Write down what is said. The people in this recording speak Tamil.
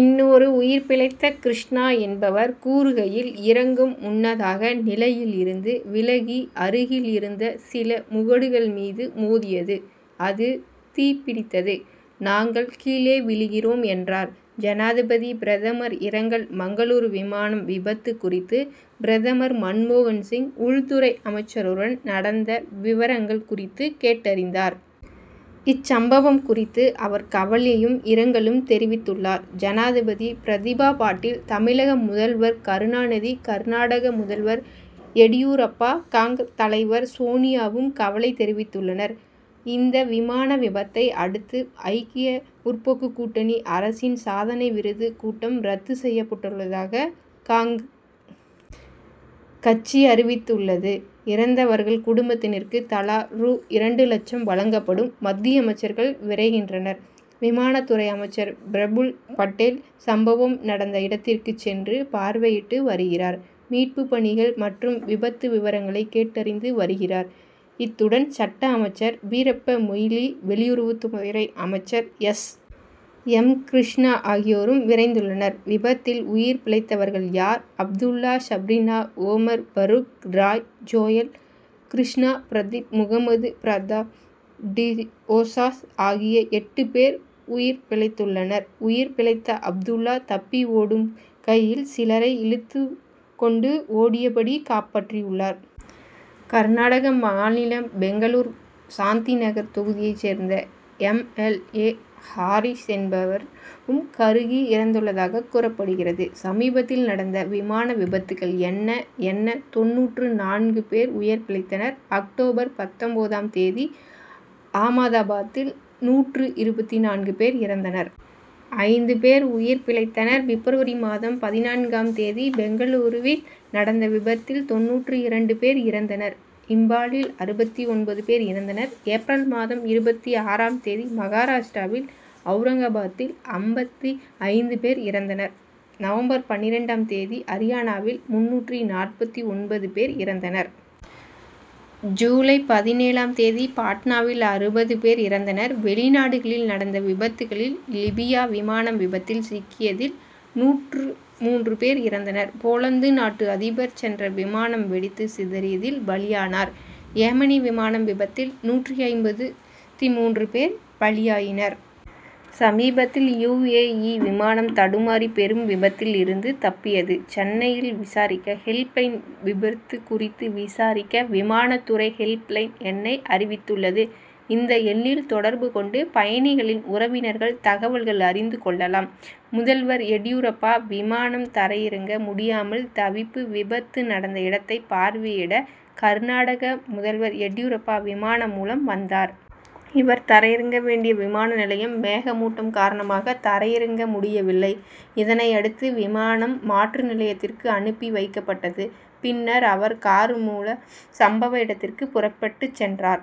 இன்னொரு உயிர்பிழைத்த கிருஷ்ணா என்பவர் கூறுகையில் இறங்கும் முன்னதாக நிலையில் இருந்து விலகி அருகில் இருந்த சில முகடுகள் மீது மோதியது. அது தீப்பிடித்தது. நாங்கள் கீழே விழுகிறோம் என்றார். ஜனாதிபதி பிரதமர் இரங்கல் மங்களூரு விமானம் விபத்து குறித்து பிரதமர் மன்மோகன்சிங் உள்துறை அமைச்சருடன் நடந்த விவரங்கள் குறித்து கேட்டறிந்தார். இந்த சம்பவம் குறித்து அவர் கவலையும் இரங்கலும் தெரிவித்துள்ளார். ஜனாதிபதி பிரதீபா பாட்டில் தமிழக முதல்வர் கருணாநிதி கர்நாடக முதல்வர் எடியூரப்பா காங். தலைவர் சோனியாவும் கவலை தெரிவித்துள்ளனர். இந்த விமான விபத்தை அடுத்து ஐக்கிய முற்போக்கு கூட்டணி அரசின் சாதனை விருந்து கூட்டம் ரத்து செய்யப்பட்டுள்ளதாக காங். கட்சி அறிவித்துள்ளது. இறந்தவர்கள் குடும்பத்தினருக்கு தலா ரூபாய் இரண்டு லட்சம் வழங்கப்படும். மத்திய அமைச்சர்கள் விரைகின்றனர். விமான துறை அமைச்சர் பிரபுல் பட்டேல் சம்பவம் நடந்த இடத்திற்கு சென்று பார்வையிட்டு வருகிறார். மீட்பு பணிகள் மற்றும் விபத்து விவரங்களை கேட்டறிந்து வருகிறார். இத்துடன் சட்ட அமைச்சர் வீரப்ப மொய்லி வெளியுறவுத்துறை அமைச்சர் எஸ். எம். கிருஷ்ணா ஆகியோரும் விரைந்துள்ளனர். விபத்தில் உயிர் பிழைத்தவர்கள் யார்? அப்துல்லா சப்ரீனா ஓமர் பரூக் ராய் ஜோயல் கிருஷ்ணா பிரதீப் முகமது பிரதாப் டிசோசா ஆகிய எட்டு பேர் உயிர் பிழைத்துள்ளனர். உயிர் பிழைத்த அப்துல்லா தப்பி ஓடும்போது கையில் சிலரை இழுத்துக்கொண்டு ஓடியபடி காப்பாற்றியுள்ளார். கர்நாடக மாநில பெங்களூர் சாந்திநகர் தொகுதியை சேர்ந்த எம். எல். ஏ. ஹாரிஸ் என்பவர் கருகி இறந்துள்ளதாக கூறப்படுகிறது. சமீபத்தில் நடந்த விமான விபத்துகள் என்ன? என்ன? தொண்ணூற்று நான்கு பேர் உயிர் பிழைத்தனர். அக்டோபர் பத்தொன்பதாம் தேதி ஆமதாபாத்தில் நூற்று இருபத்து நான்கு பேர் இறந்தனர். ஐந்து பேர் உயிர் பிழைத்தனர். பிப்ரவரி மாதம் பதினான்காம் தேதி பெங்களூருவில் நடந்த விபத்தில் தொண்ணூற்று இரண்டு பேர் இறந்தனர். இம்பாலில் அறுபத்து ஒன்பது பேர் இறந்தனர். ஏப்ரல் மாதம் இருபத்தி ஆறாம் தேதி மகாராஷ்டிராவில் அவுரங்காபாத்தில் அம்பத்தி ஐந்து பேர் இறந்தனர். நவம்பர் பன்னிரண்டாம் தேதி அரியானாவில் முன்னூற்று நாற்பத்து ஒன்பது பேர் இறந்தனர். ஜூலை பதினேழாம் தேதி பாட்னாவில் அறுபது பேர் இறந்தனர். வெளிநாடுகளில் நடந்த விபத்துகளில் லிபியா விமானம் விபத்தில் சிக்கியதில் நூற்று மூன்று பேர் இறந்தனர். போலந்து நாட்டு அதிபர் சென்ற விமானம் வெடித்து சிதறியதில் பலியானார். ஏமனி விமானம் விபத்தில் நூற்று ஐம்பத்து மூன்று பேர் பலியாயினர். சமீபத்தில் யு. ஏ. இ. விமானம் தடுமாறி பெரும் விபத்தில் இருந்து தப்பியது. சென்னையில் விசாரிக்க ஹெல்ப் லைன் விபத்து குறித்து விசாரிக்க விமான துறை ஹெல்ப்லைன் எண்ணை அறிவித்துள்ளது. இந்த எண்ணில் தொடர்பு கொண்டு பயணிகளின் உறவினர்கள் தகவல்கள் அறிந்து கொள்ளலாம். முதல்வர் எடியூரப்பா விமானம் தரையிறங்க முடியாமல் தவிப்பு விபத்து நடந்த இடத்தை பார்வையிட கர்நாடக முதல்வர் எடியூரப்பா விமானம் மூலம் வந்தார். இவர் தரை இறங்க வேண்டிய விமான நிலையம் மேகமூட்டம் காரணமாக தரையிறங்க முடியவில்லை. இதனையடுத்து விமானம் மாற்று நிலையத்திற்கு அனுப்பி வைக்கப்பட்டது. பின்னர் அவர் கார் மூலம் சம்பவ இடத்திற்கு புறப்பட்டு சென்றார்.